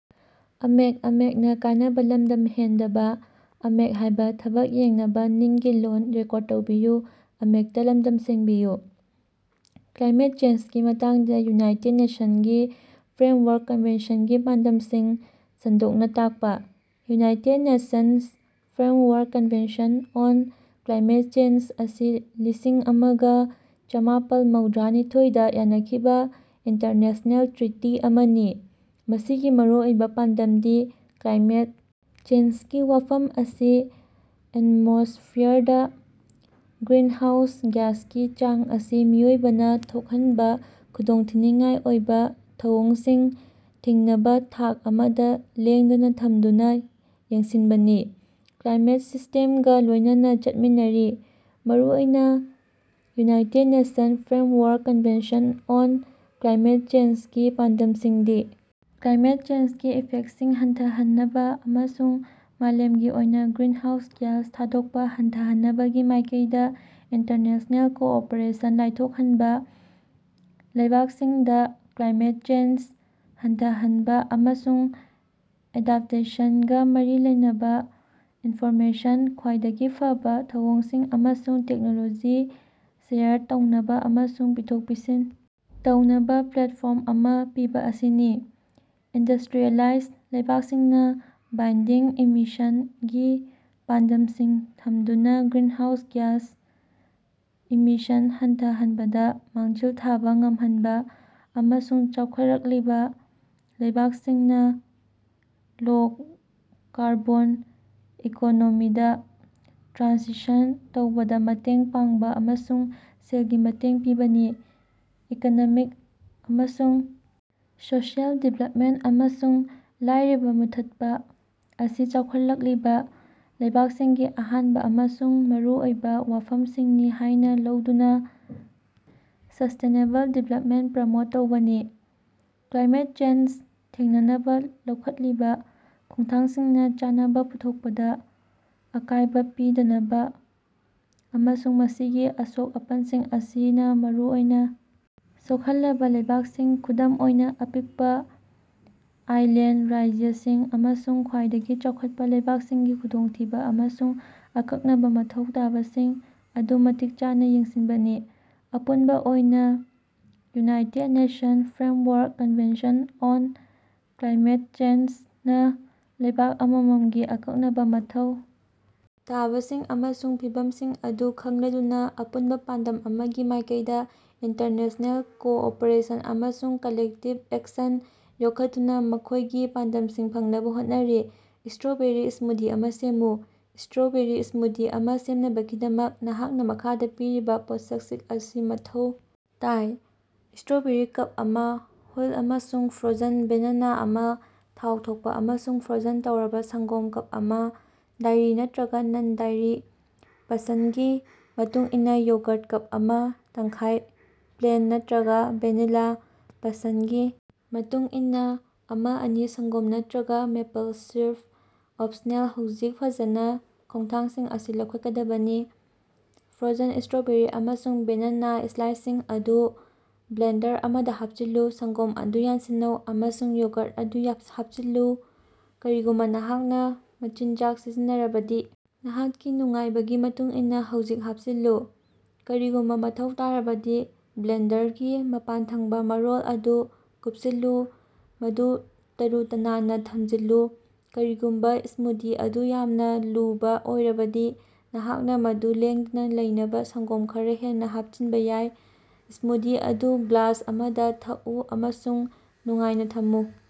Climate ꯆꯦꯟꯖꯒꯤ ꯃꯇꯥꯡꯗ united nation ꯒꯤ ꯐ꯭ꯔꯦꯝꯋꯥꯔꯛ ꯀꯟꯚꯦꯟꯁꯟꯒꯤ ꯄꯥꯟꯗꯝꯁꯤꯡ ꯁꯟꯗꯣꯛꯅ ꯇꯥꯛꯄ꯫ United nations framework convention on climate change ꯑꯁꯤ ꯂꯤꯁꯤꯡ ꯑꯃꯒ ꯆꯥꯃꯄꯜ ꯃꯧꯗ꯭ꯔꯥ ꯅꯤꯊꯣꯏ ꯗꯥ ꯌꯥꯟꯈꯤꯕ ꯏꯟꯇꯔꯅꯦꯁ꯭ꯅꯦꯜ ꯇ꯭ꯔꯤꯇꯤ ꯑꯃꯅꯤ, ꯃꯁꯤꯒꯤ ꯃꯔꯨꯑꯣꯏꯕ ꯄꯥꯟꯗꯝꯗꯤ ꯀ꯭ꯂꯥꯏꯃꯦꯠ ꯆꯦꯟꯖꯒꯤ ꯋꯥꯐꯝ ꯑꯁꯤ ꯑꯦꯟꯃꯣꯁ꯭ꯐꯤꯌꯔꯗ ꯒ꯭ꯔꯤꯟꯍꯥꯎꯁ ꯒ꯭ꯌꯥꯁꯀꯤ ꯆꯥꯡ ꯑꯁꯤ ꯃꯤꯑꯣꯏꯕꯅ ꯊꯣꯛꯍꯟꯕ ꯈꯨꯗꯣꯡꯊꯤꯅꯤꯡꯉꯥꯏ ꯑꯣꯏꯕ ꯊꯧꯑꯣꯡꯁꯤꯡ ꯊꯤꯡꯅꯕ ꯊꯥꯛ ꯑꯃꯗ ꯂꯦꯡꯗꯅ ꯊꯝꯗꯨꯅ ꯌꯦꯡꯁꯤꯟꯕꯅꯤ꯫ ꯀ꯭ꯂꯥꯏꯃꯦꯠ ꯁꯤꯁꯇꯦꯝꯒ ꯂꯣꯏꯅꯅ ꯆꯠꯃꯤꯟꯅꯔꯤ꯫ ꯃꯔꯨꯑꯣꯏꯅ, united nation framework convention on climate ꯆꯦꯟꯖꯒꯤ ꯄꯥꯟꯗꯝꯁꯤꯡꯗꯤ - ꯀ꯭ꯂꯥꯏꯃꯦꯠ ꯆꯦꯟꯖꯒꯤ ꯏꯐꯦꯛꯇꯁꯤꯡ ꯍꯟꯊꯍꯟꯅꯕ ꯑꯃꯁꯨꯡ ꯃꯥꯂꯦꯝꯒꯤ ꯑꯣꯏꯅ ꯒ꯭ꯔꯤꯟꯍꯥꯎꯁ ꯒ꯭ꯌꯥꯁ ꯊꯥꯗꯣꯛꯄ ꯍꯟꯊꯍꯟꯅꯕꯒꯤ ꯃꯥꯏꯀꯩꯗ ꯏꯟꯇꯔꯅꯦꯁ꯭ꯅꯦꯜ ꯀꯣꯑꯣꯄꯔꯦꯁꯟ ꯂꯥꯏꯊꯣꯛꯍꯟꯕ, ꯂꯩꯕꯥꯛꯁꯤꯡꯗ ꯀ꯭ꯂꯥꯏꯃꯦꯠ ꯆꯦꯟꯖ ꯍꯟꯊꯍꯟꯕ ꯑꯃꯁꯨꯡ ꯑꯦꯗꯞꯇꯦꯁꯟꯒ ꯃꯔꯤ ꯂꯩꯅꯕ ꯏꯟꯐꯣꯔꯃꯦꯁꯟ, ꯈ꯭ꯋꯥꯏꯗꯒꯤ ꯐꯕꯥ ꯊꯧꯑꯣꯡꯁꯤꯡ, ꯑꯃꯁꯨꯡ ꯇꯦꯛꯅꯣꯂꯣꯖꯤ ꯁꯦꯌꯔ ꯇꯧꯅꯕ ꯑꯃꯁꯨꯡ ꯄꯤꯊꯣꯛ-ꯄꯤꯁꯤꯟ ꯇꯧꯅꯕ ꯄ꯭ꯂꯦꯠꯐꯣꯔꯝ ꯑꯃ ꯄꯤꯕ ꯑꯁꯤꯅꯤ꯫ ꯏꯟꯗꯁꯇ꯭ꯔꯤꯌꯦꯂꯥꯏꯖ ꯂꯩꯕꯥꯛꯁꯤꯡꯅ ꯕꯥꯏꯟꯗꯤꯡ ꯏꯃꯤꯁꯟꯒꯤ ꯄꯥꯟꯗꯝꯁꯤꯡ ꯊꯝꯗꯨꯅ ꯒ꯭ꯔꯤꯟꯍꯥꯎꯁ ꯒ꯭ꯌꯥꯁ ꯏꯃꯤꯁꯟ ꯍꯟꯊꯍꯟꯕꯗ ꯃꯥꯡꯖꯤꯜ ꯊꯥꯕ ꯉꯝꯍꯟꯕ, ꯑꯃꯁꯨꯡ ꯆꯥꯎꯈꯠꯂꯛꯂꯤꯕ ꯂꯩꯕꯥꯛꯁꯤꯡꯅ ꯂꯣ-ꯀꯥꯔꯕꯣꯟ ꯏꯀꯣꯅꯣꯃꯤꯗ ꯇ꯭ꯔꯥꯟꯁꯤꯁꯟ ꯇꯧꯕꯗ ꯃꯇꯦꯡ ꯄꯥꯡꯕ ꯑꯃꯁꯨꯡ ꯁꯦꯜꯒꯤ ꯃꯇꯦꯡ ꯄꯤꯕꯅꯤ꯫ ꯏꯀꯣꯅꯣꯃꯤꯛ ꯑꯃꯁꯨꯡ ꯁꯣꯁꯤꯌꯦꯜ ꯗꯤꯕꯦꯂꯞꯃꯦꯟꯇ ꯑꯃꯁꯨꯡ ꯂꯥꯏꯔꯕ ꯃꯨꯠꯊꯠꯄ ꯑꯁꯤ ꯆꯥꯎꯈꯠꯂꯛꯂꯤꯕ ꯂꯩꯕꯥꯛꯁꯤꯡꯒꯤ ꯑꯍꯥꯟꯕ ꯑꯃꯁꯨꯡ ꯃꯔꯨ ꯑꯣꯏꯕ ꯋꯥꯐꯝꯁꯤꯡꯅꯤ ꯍꯥꯏꯅ ꯂꯧꯗꯨꯅ ꯁ꯭ꯁꯇꯦꯅꯦꯕꯜ ꯗꯤꯕꯦꯂꯞꯃꯦꯟꯇ ꯄ꯭ꯔꯃꯣꯠ ꯇꯧꯕꯅꯤ꯫ ꯀ꯭ꯂꯥꯏꯃꯦꯠ ꯆꯦꯟꯖ ꯊꯦꯡꯅꯅꯕ ꯂꯧꯈꯠꯂꯤꯕ ꯈꯣꯡꯊꯥꯡꯁꯤꯡꯅ ꯆꯥꯅꯕ ꯄꯨꯊꯣꯛꯄꯗ ꯑꯀꯥꯏꯕ ꯄꯤꯗꯅꯕ, ꯑꯃꯁꯨꯡ ꯃꯁꯤꯒꯤ ꯑꯁꯣꯛ-ꯑꯄꯟꯁꯤꯡ ꯑꯁꯤꯅ ꯃꯔꯨꯑꯣꯏꯅ ꯁꯣꯛꯍꯜꯂꯕ ꯂꯩꯕꯥꯛꯁꯤꯡ, ꯈꯨꯗꯝ ꯑꯣꯏꯅ ꯑꯄꯤꯛꯄ ꯑꯥꯏꯂꯦꯟꯗ ꯔꯥꯖ꯭ꯌꯁꯤꯡ ꯑꯃꯁꯨꯡ ꯈ꯭ꯋꯥꯏꯗꯒꯤ ꯆꯥꯎꯈꯠꯄ ꯂꯩꯕꯥꯛꯁꯤꯡꯒꯤ ꯈꯨꯗꯣꯡꯊꯤꯕ ꯑꯃꯁꯨꯡ ꯑꯀꯛꯅꯕ ꯃꯊꯧ ꯇꯥꯕꯁꯤꯡ ꯑꯗꯨ ꯃꯇꯤꯛ ꯆꯥꯅ ꯌꯦꯡꯁꯤꯟꯕꯅꯤ꯫ ꯑꯄꯨꯟꯕ ꯑꯣꯏꯅ, united nations framework convention on climate ꯆꯦꯟꯖꯅ ꯂꯩꯕꯥꯛ ꯑꯃꯃꯝꯒꯤ ꯑꯀꯛꯅꯕ ꯃꯊꯧ ꯇꯥꯕꯁꯤꯡ ꯑꯃꯁꯨꯡ ꯐꯤꯚꯝꯁꯤꯡ ꯑꯗꯨ ꯈꯪꯂꯗꯨꯅ, ꯑꯄꯨꯟꯕ ꯄꯥꯟꯗꯝ ꯑꯃꯒꯤ ꯃꯥꯏꯀꯩꯗ ꯏꯟꯇꯔꯅꯦꯁ꯭ꯅꯦꯜ ꯀꯣꯑꯣꯄꯔꯦꯁꯟ ꯑꯃꯁꯨꯡ ꯀꯂꯦꯛꯇꯤꯕ ꯑꯦꯛꯁꯟ ꯌꯣꯛꯈꯠꯇꯨꯅ ꯃꯈꯣꯏꯒꯤ ꯄꯥꯟꯗꯝꯁꯤꯡ ꯐꯪꯅꯕ ꯍꯣꯠꯅꯔꯤ꯫ ꯁ꯭ꯇꯔꯣꯕꯦꯔꯤ ꯁ꯭ꯃꯨꯗꯤ ꯑꯃ ꯁꯦꯝꯃꯨ꯫ ꯁ꯭ꯇꯔꯣꯕꯦꯔꯤ ꯁ꯭ꯃꯨꯗꯤ ꯑꯃ ꯁꯦꯝꯅꯕꯒꯤꯗꯃꯛ, ꯅꯍꯥꯛꯅ ꯃꯈꯥꯗ ꯄꯤꯔꯤꯕ ꯄꯣꯠꯁꯛꯁꯤꯡ ꯑꯁꯤ ꯃꯊꯧ ꯇꯥꯏ - ꯁ꯭ꯇꯔꯣꯕꯦꯔꯤ ꯀꯞ ꯑꯃ, ꯍꯨꯜ ꯑꯃꯁꯨꯡ ꯐ꯭ꯔꯣꯖꯟ ꯕꯦꯅꯥꯅꯥ ꯑꯃ, ꯊꯥꯎ ꯊꯣꯛꯄ ꯑꯃꯁꯨꯡ ꯐ꯭ꯔꯣꯖꯟ ꯇꯧꯔꯕ ꯁꯪꯒꯣꯝ ꯀꯞ ꯑꯃ - ꯗꯥꯏꯔꯤ ꯅꯠꯇꯔꯒ ꯅꯟ-ꯗꯥꯏꯔꯤ, ꯄꯁꯟꯗꯒꯤ ꯃꯇꯨꯡꯏꯟꯅ ꯌꯣꯒ꯭ꯔꯠ ꯀꯞ ꯑꯃ ꯇꯪꯈꯥꯏ - ꯄ꯭ꯂꯦꯟ ꯅꯠꯇꯔꯒ ꯚꯦꯅꯤꯂ, ꯄꯁꯟꯗꯒꯤ ꯃꯇꯨꯡꯏꯟꯅ, ꯑꯃ-ꯑꯅꯤ ꯁꯪꯒꯣꯝ ꯅꯠꯇꯔꯒ ꯃꯦꯄꯜ ꯁꯤꯔꯞ ꯑꯣꯞꯁꯅꯦꯜ ꯍꯧꯖꯤꯛ, ꯐꯖꯅ ꯈꯣꯡꯊꯥꯡꯁꯤꯡ ꯑꯁꯤ ꯂꯧꯈꯠꯀꯗꯕꯅꯤ ,ꯐ꯭ꯔꯣꯖꯟ ꯁ꯭ꯇꯔꯣꯕꯦꯔꯤ ꯑꯃꯁꯨꯡ ꯕꯦꯅꯥꯅꯥ ꯁ꯭ꯂꯥꯏꯁꯁꯤꯡ ꯑꯗꯨ ꯕ꯭ꯂꯦꯟꯗꯔ ꯑꯃꯗ ꯍꯥꯞꯆꯤꯜꯂꯨ꯫ ꯁꯪꯒꯣꯝ ꯑꯗꯨ ꯌꯥꯟꯁꯤꯟꯅꯧ ꯑꯃꯁꯨꯡ ꯌꯣꯒ꯭ꯔꯠ ꯑꯗꯨ ꯌꯥꯞ ꯍꯥꯞꯆꯤꯜꯂꯨ꯫ ꯀꯔꯤꯒꯨꯝꯕ ꯅꯍꯥꯛꯅ ꯃꯆꯤꯟꯖꯥꯛ ꯁꯤꯖꯤꯟꯅꯔꯕꯗꯤ, ꯅꯍꯥꯛꯀꯤ ꯅꯨꯡꯉꯥꯏꯕꯒꯤ ꯃꯇꯨꯡ ꯏꯟꯅꯥ ꯍꯧꯖꯤꯛ ꯍꯥꯞꯆꯤꯜꯂꯨ꯫ ꯀꯔꯤꯒꯨꯝꯕ ꯃꯊꯧ ꯇꯥꯔꯕꯗꯤ ꯕ꯭ꯂꯦꯟꯗꯔꯒꯤ ꯃꯄꯥꯟꯊꯪꯕ ꯃꯔꯣꯜ ꯑꯗꯨ ꯀꯨꯞꯁꯤꯜꯂꯨ, ꯃꯗꯨ ꯇꯥꯔꯨ-ꯇꯅꯥꯟꯅ ꯊꯝꯖꯤꯜꯂꯨ꯫ ꯀꯔꯤꯒꯨꯝꯕ ꯁ꯭ꯃꯨꯗꯤ ꯑꯗꯨ ꯌꯥꯝꯅ ꯂꯨꯕ ꯑꯣꯏꯔꯕꯗꯤ, ꯅꯍꯥꯛꯅ ꯃꯗꯨ ꯂꯦꯡꯗꯅ ꯂꯩꯅꯕ ꯁꯪꯒꯣꯝ ꯈꯔꯥ ꯍꯦꯟꯅ ꯍꯥꯞꯆꯤꯟꯕ‌ ꯌꯥꯏ꯫ ꯁ꯭ꯃꯨꯗꯤ ꯑꯗꯨ ꯒ꯭ꯂꯥꯁ ꯑꯃꯗ ꯊꯛꯎ ꯑꯃꯁꯨꯡ ꯅꯨꯡꯉꯥꯏꯅ ꯊꯝꯃꯨ꯫